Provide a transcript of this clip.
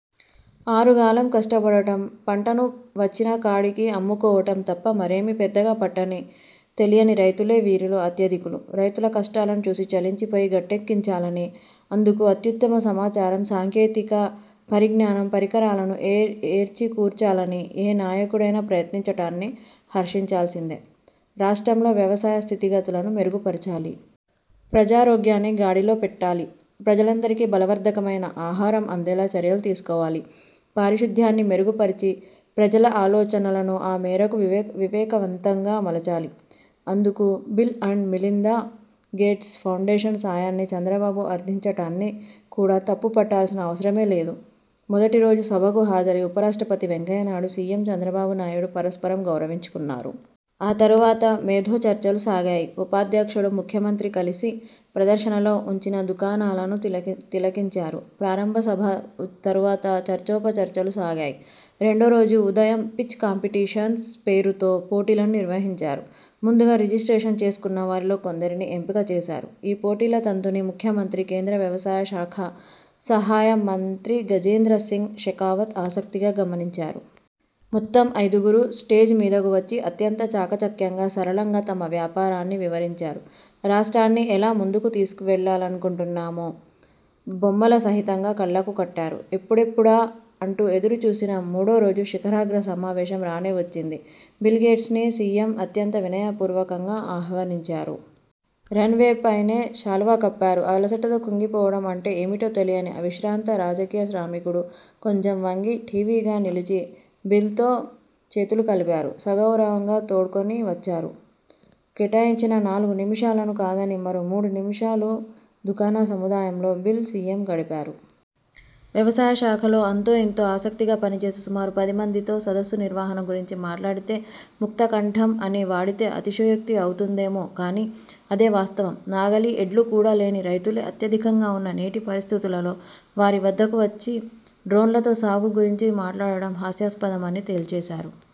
ఆరుగాలం కష్టపడటం, పంటను వచ్చినకాడికి అమ్ముకోవటం తప్ప మరేమీ పెద్దగా పట్టని, తెలియని రైతులే వీరిలో అత్యధికులు. రైతుల కష్టాలను చూసి చలించిపోయి, గట్టెక్కించాలనీ, అందుకు అత్యుత్తమ సమాచారం, సాంకేతిక పరిజ్ఞానం, పరికరాలను ఏర్చికూర్చాలనీ ఏ నాయకుడైనా ప్రయత్నించటాన్ని హర్షించాల్సిందే. రాష్ట్రంలో వ్యవసాయ స్థితిగతులను మెరుగుపరచాలి. ప్రజారోగ్యాన్ని గాడిలో పెట్టాలి. ప్రజలందరికీ బలవర్థకమైన ఆహారం అందేలా చర్యలు తీసుకోవాలి. పారిశుద్ధ్యాన్ని మెరుగుపరిచి, ప్రజల ఆలోచనలను ఆ మేరకు వివేకవంతంగా మలచాలి. అందుకు Bill and Melinda Gates Foundation సాయాన్ని చంద్రబాబు అర్థించటాన్ని కూడా తప్పు పట్టాల్సిన అవసరమే లేదు. మొదటి రోజు సభకు హాజరైన ఉప రాష్ట్రపతి వెంకయ్యనాయుడు, సీఎం చంద్రబాబు నాయుడు పరస్పరం గౌరవించుకున్నారు. ఆ తరువాత మేధో చర్చలు సాగాయి. ఉపాధ్యక్షుడు, ముఖ్యమంత్రి కలసి ప్రదర్శనలో ఉంచిన దుకాణాలను తిలకించారు. ప్రారంభ సభ తరువాత చర్చోపచర్చలు సాగాయి. రెండో రోజు ఉదయం పిచ్ కాంపిటీషన్స్ పేరుతో పోటీలను నిర్వహించారు. ముందుగా రిజిస్ట్రేషన్ చేసుకున్న వారిలో కొందరిని ఎంపిక చేశారు. ఈ పోటీల తంతుని ముఖ్యమంత్రి, కేంద్ర వ్యవసాయ శాఖ సహాయ మంత్రి గజేంద్ర సింగ్ షెకావత్ ఆసక్తిగా గమనించారు. మొత్తం ఐదుగురు స్టేజ్ మీదకు వచ్చి అత్యంత చాకచక్యంగా, సరళంగా తమ వ్యాపారాన్ని వివరించారు. రాష్ట్రాన్ని ఎలా ముందుకు తీసుకుని వెళ్ళాలనుకుంటున్నామో బొమ్మల సహితంగా కళ్ళకు కట్టారు. ఎప్పుడెప్పుడా అంటూ ఎదురు చూసిన మూడోరోజు శిఖరాగ్ర సమావేశం రానే వచ్చింది. బిల్ గేట్స్ని సీఎం అత్యంత వినయపూర్వకంగా ఆహ్వానించారు. రన్ వే పైనే శాలువా కప్పారు. అలసటతో కుంగిపోవటం అంటే ఏమిటో తెలియని అవిశ్రాంత రాజకీయ శ్రామికుడు కొంచెం వంగి, ఠీవిగా నిలిచిన బిల్తో చేతులుకలిపారు. సగౌరవంగా తోడ్కొని వచ్చారు. కేటాయించిన నాలుగు నిమిషాలను కాదని మరో మూడు నాలుగు నిమిషాలు దుకాణ సముదాయంలో బిల్, సీఎం గడిపారు. వ్యవసాయ శాఖలో అంతో ఇంతో ఆసక్తిగా పనిచేసే సుమారు పది మందితో సదస్సు నిర్వహణ గురించి మాట్లాడితే ముక్త కంఠం అని వాడితే అతిశయోక్తి అవుతుందేమో కానీ అదే వాస్తవం. నాగలి, ఎడ్లు కూడా లేని రైతులే అత్యధికంగా వున్న నేటి పరిస్థితులలో వారి వద్దకు వచ్చి డ్రోన్లతో సాగు గురించి మాట్లాడటం హాస్యాస్పదమని తేల్చేశారు.